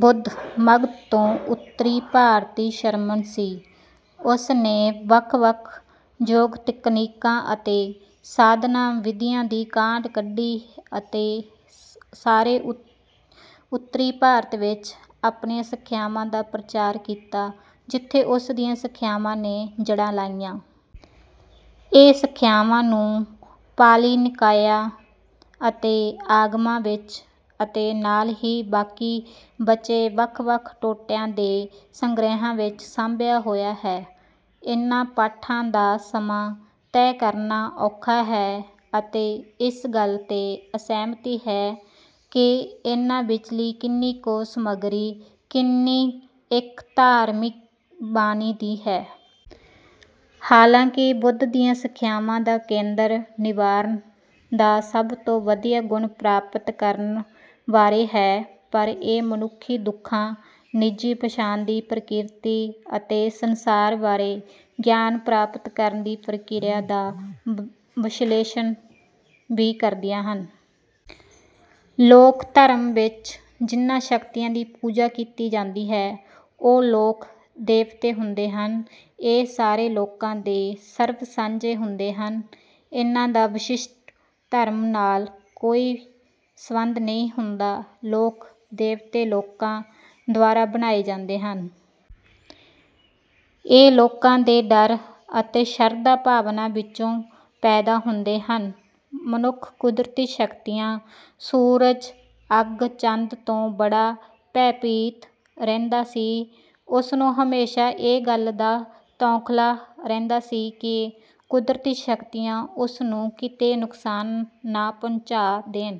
ਬੁੱਧ ਮਗਧ ਤੋਂ ਉੱਤਰੀ ਭਾਰਤੀ ਸ਼ਰਮਣ ਸੀ। ਉਸ ਨੇ ਵੱਖ ਵੱਖ ਯੋਗ ਤਕਨੀਕਾਂ ਅਤੇ ਸਾਧਨਾ ਵਿਧੀਆਂ ਦੀ ਕਾਢ ਕੱਢੀ ਅਤੇ ਸਾਰੇ ਉੱਤਰੀ ਭਾਰਤ ਵਿੱਚ ਆਪਣੀਆਂ ਸਿੱਖਿਆਵਾਂ ਦਾ ਪ੍ਰਚਾਰ ਕੀਤਾ ਜਿੱਥੇ ਉਸ ਦੀਆਂ ਸਿੱਖਿਆਵਾਂ ਨੇ ਜੜ੍ਹਾਂ ਲਾਈਆਂ। ਇਹ ਸਿੱਖਿਆਵਾਂ ਨੂੰ ਪਾਲੀ ਨਿਕਾਇਆਂ ਅਤੇ ਆਗਮਾਂ ਵਿੱਚ ਅਤੇ ਨਾਲ ਹੀ ਬਾਕੀ ਬਚੇ ਵੱਖ ਵੱਖ ਟੋਟਿਆਂ ਦੇ ਸੰਗ੍ਰਿਹਾਂ ਵਿੱਚ ਸਾਂਭਿਆ ਹੋਇਆ ਹੈ। ਇਹਨਾਂ ਪਾਠਾਂ ਦਾ ਸਮਾਂ ਤੈਅ ਕਰਨਾ ਔਖਾ ਹੈ ਅਤੇ ਇਸ ਗੱਲ ਤੇ ਅਸਹਿਮਤੀ ਹੈ ਕਿ ਇਨ੍ਹਾਂ ਵਿੱਚਲੀ ਕਿੰਨੀ ਕੁ ਸਮੱਗਰੀ ਕਿੰਨੀ ਇੱਕ ਧਾਰਮਿਕ ਬਾਣੀ ਦੀ ਹੈ। ਹਾਲਾਂਕਿ ਬੁੱਧ ਦੀਆਂ ਸਿੱਖਿਆਵਾਂ ਦਾ ਕੇਂਦਰ ਨਿਰਵਾਣ ਦਾ ਸਭ ਤੋਂ ਵਧੀਆ ਗੁਣ ਪ੍ਰਾਪਤ ਕਰਨ ਬਾਰੇ ਹੈ ਪਰ ਇਹ ਮਨੁੱਖੀ ਦੁੱਖਾਂ ਨਿੱਜੀ ਪਛਾਣ ਦੀ ਪ੍ਰਕਿਰਤੀ ਅਤੇ ਸੰਸਾਰ ਬਾਰੇ ਗਿਆਨ ਪ੍ਰਾਪਤ ਕਰਨ ਦੀ ਪ੍ਰਕਿਰਿਆ ਦਾ ਵਿਸ਼ਲੇਸ਼ਣ ਵੀ ਕਰਦੀਆਂ ਹਨ। ਲੋਕ ਧਰਮ ਵਿੱਚ ਜਿਨ੍ਹਾਂ ਸ਼ਕਤੀਆਂ ਦੀ ਪੂਜਾ ਕੀਤੀ ਜਾਂਦੀ ਹੈ ਉਹ ਲੋਕ ਦੇਵਤੇ ਹੁੰਦੇ ਹਨ। ਇਹ ਸਾਰੇ ਲੋਕਾਂ ਦੇ ਸਰਬ ਸਾਂਝੇ ਹੁੰਦੇ ਹਨ ਇਹਨਾਂ ਦਾ ਵਿਸ਼ਿਸ਼ਟ ਧਰਮ ਨਾਲ ਕੋਈ ਸੰਬੰਧ ਨਹੀਂ ਹੁੰਦਾ। ਲੋਕ ਦੇਵਤੇ ਲੋਕਾਂ ਦੁਆਰਾ ਬਣਾਏ ਜਾਂਦੇ ਹਨ। ਇਹ ਲੋਕਾਂ ਦੇ ਡਰ ਅਤੇ ਸ਼ਰਧਾ ਭਾਵਨਾ ਵਿੱਚੋਂ ਪੈਦਾ ਹੁੰਦੇ ਹਨ। ਮਨੁੱਖ ਕੁਦਰਤੀ ਸ਼ਕਤੀਆਂ ਸੂਰਜ ਅੱਗ ਚੰਦ ਤੋਂ ਬੜਾ ਭੈ ਭੀਤ ਰਹਿੰਦਾ ਸੀ। ਉਸਨੂੰ ਹਮੇਸ਼ਾ ਇਸ ਗੱਲ ਦਾ ਤੌਖਲਾ ਰਹਿੰਦਾ ਸੀ ਕਿ ਕੁਦਰਤੀ ਸ਼ਕਤੀਆਂ ਉਸ ਨੂੰ ਕਿਤੇ ਨੁਕਸਾਨ ਨਾ ਪਹੁੰਚਾ ਦੇਣ।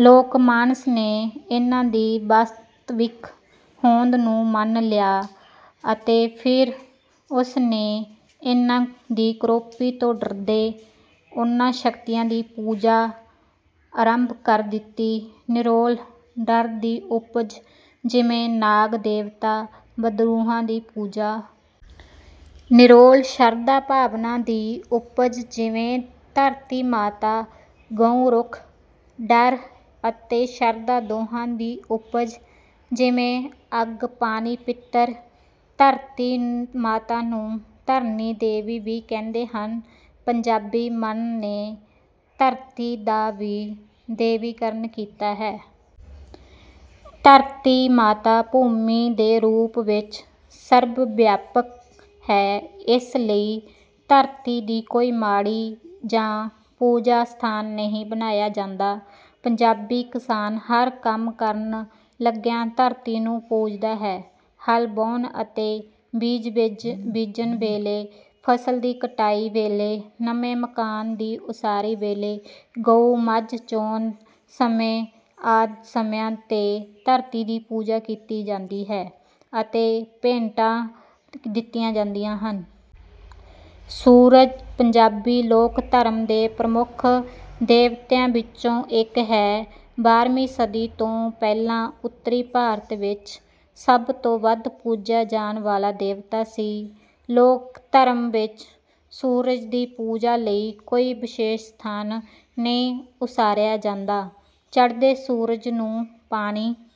ਲੋਕ ਮਾਨਸ ਨੇ ਇਹਨਾਂ ਦੀ ਵਾਸਤਵਿਕ ਹੋਂਦ ਨੂੰ ਮੰਨ ਲਿਆ ਅਤੇ ਫਿਰ ਉਸ ਨੇ ਇਨ੍ਹਾਂ ਦੀ ਕ੍ਰੋਪੀ ਤੋਂ ਡਰਦੇ ਉਹਨਾਂ ਸ਼ਕਤੀਆਂ ਦੀ ਪੂਜਾ ਆਰੰਭ ਕਰ ਦਿੱਤੀ। ਨਿਰੋਲ ਡਰ ਦੀ ਉਪਜ ਜਿਵੇਂ ਨਾਗ ਦੇਵਤਾ ਬਦਰੂਹਾਂ ਦੀ ਪੂਜਾ। ਨਿਰੋਲ ਸ਼ਰਧਾ ਭਾਵਨਾ ਦੀ ਉਪਜ ਜਿਵੇਂ ਧਰਤੀ ਮਾਤਾ ਗਊ ਰੁੱਖ। ਡਰ ਅਤੇ ਸ਼ਰਧਾ ਦੋਹਾਂ ਦੀ ਉਪਜ ਜਿਵੇਂ ਅੱਗ ਪਾਣੀ ਪਿੱਤਰ। ਧਰਤੀ ਮਾਤਾ ਨੂੰ ਧਰਨੀ ਦੇਵੀ ਵੀ ਕਹਿੰਦੇ ਹਨ। ਪੰਜਾਬੀ ਮਨ ਨੇ ਧਰਤੀ ਦਾ ਵੀ ਦੈਵੀਕਰਨ ਕੀਤਾ ਹੈ। ਧਰਤੀ ਮਾਤਾ ਭੂਮੀ ਦੇ ਰੂਪ ਵਿੱਚ ਸਰਵਵਿਆਪਕ ਹੈ ਇਸ ਲਈ ਧਰਤੀ ਦੀ ਕੋਈ ਮਾੜੀ ਜਾਂ ਪੂਜਾ ਸਥਾਨ ਨਹੀਂ ਬਣਾਇਆ ਜਾਂਦਾ। ਪੰਜਾਬੀ ਕਿਸਾਨ ਹਰ ਕੰਮ ਕਰਨ ਲੱਗਿਆ ਧਰਤੀ ਨੂੰ ਪੂਜਦਾ ਹੈ। ਹਲ ਵਾਹੁਣ ਅਤੇ ਬੀਜ ਬੀਜਣ ਵੇਲੇ ਫਸਲ ਦੀ ਕਟਾਈ ਵੇਲੇ ਨਵੇਂ ਮਕਾਨ ਦੀ ਉਸਾਰੀ ਵੇਲੇ ਗਊ ਮੱਝ ਚੋਣ ਸਮੇਂ ਆਦਿ ਸਮਿਆਂ ਤੇ ਧਰਤੀ ਦੀ ਪੂਜਾ ਕੀਤੀ ਜਾਂਦੀ ਹੈ ਅਤੇ ਭੇਟਾਂ ਦਿੱਤੀਆਂ ਜਾਂਦੀਆਂ ਹਨ। ਸੂਰਜ ਪੰਜਾਬੀ ਲੋਕ ਧਰਮ ਦੇ ਪ੍ਰਮੁੱਖ ਦੇਵਤਿਆਂ ਵਿੱਚੋਂ ਇੱਕ ਹੈ। ਬਾਰ੍ਹਵੀਂ ਸਦੀ ਤੋਂ ਪਹਿਲਾਂ ਉੱਤਰੀ ਭਾਰਤ ਵਿੱਚ ਸਭ ਤੋਂ ਵੱਧ ਪੂਜਿਆ ਜਾਣ ਵਾਲਾ ਦੇਵਤਾ ਸੀ। ਲੋਕ ਧਰਮ ਵਿੱਚ ਸੂਰਜ ਦੀ ਪੂਜਾ ਲਈ ਕੋਈ ਵਿਸ਼ੇਸ਼ ਸਥਾਨ ਨਹੀਂ ਉਸਾਰਿਆ ਜਾਂਦਾ। ਚੜ੍ਹਦੇ ਸੂਰਜ ਨੂੰ ਪਾਣੀ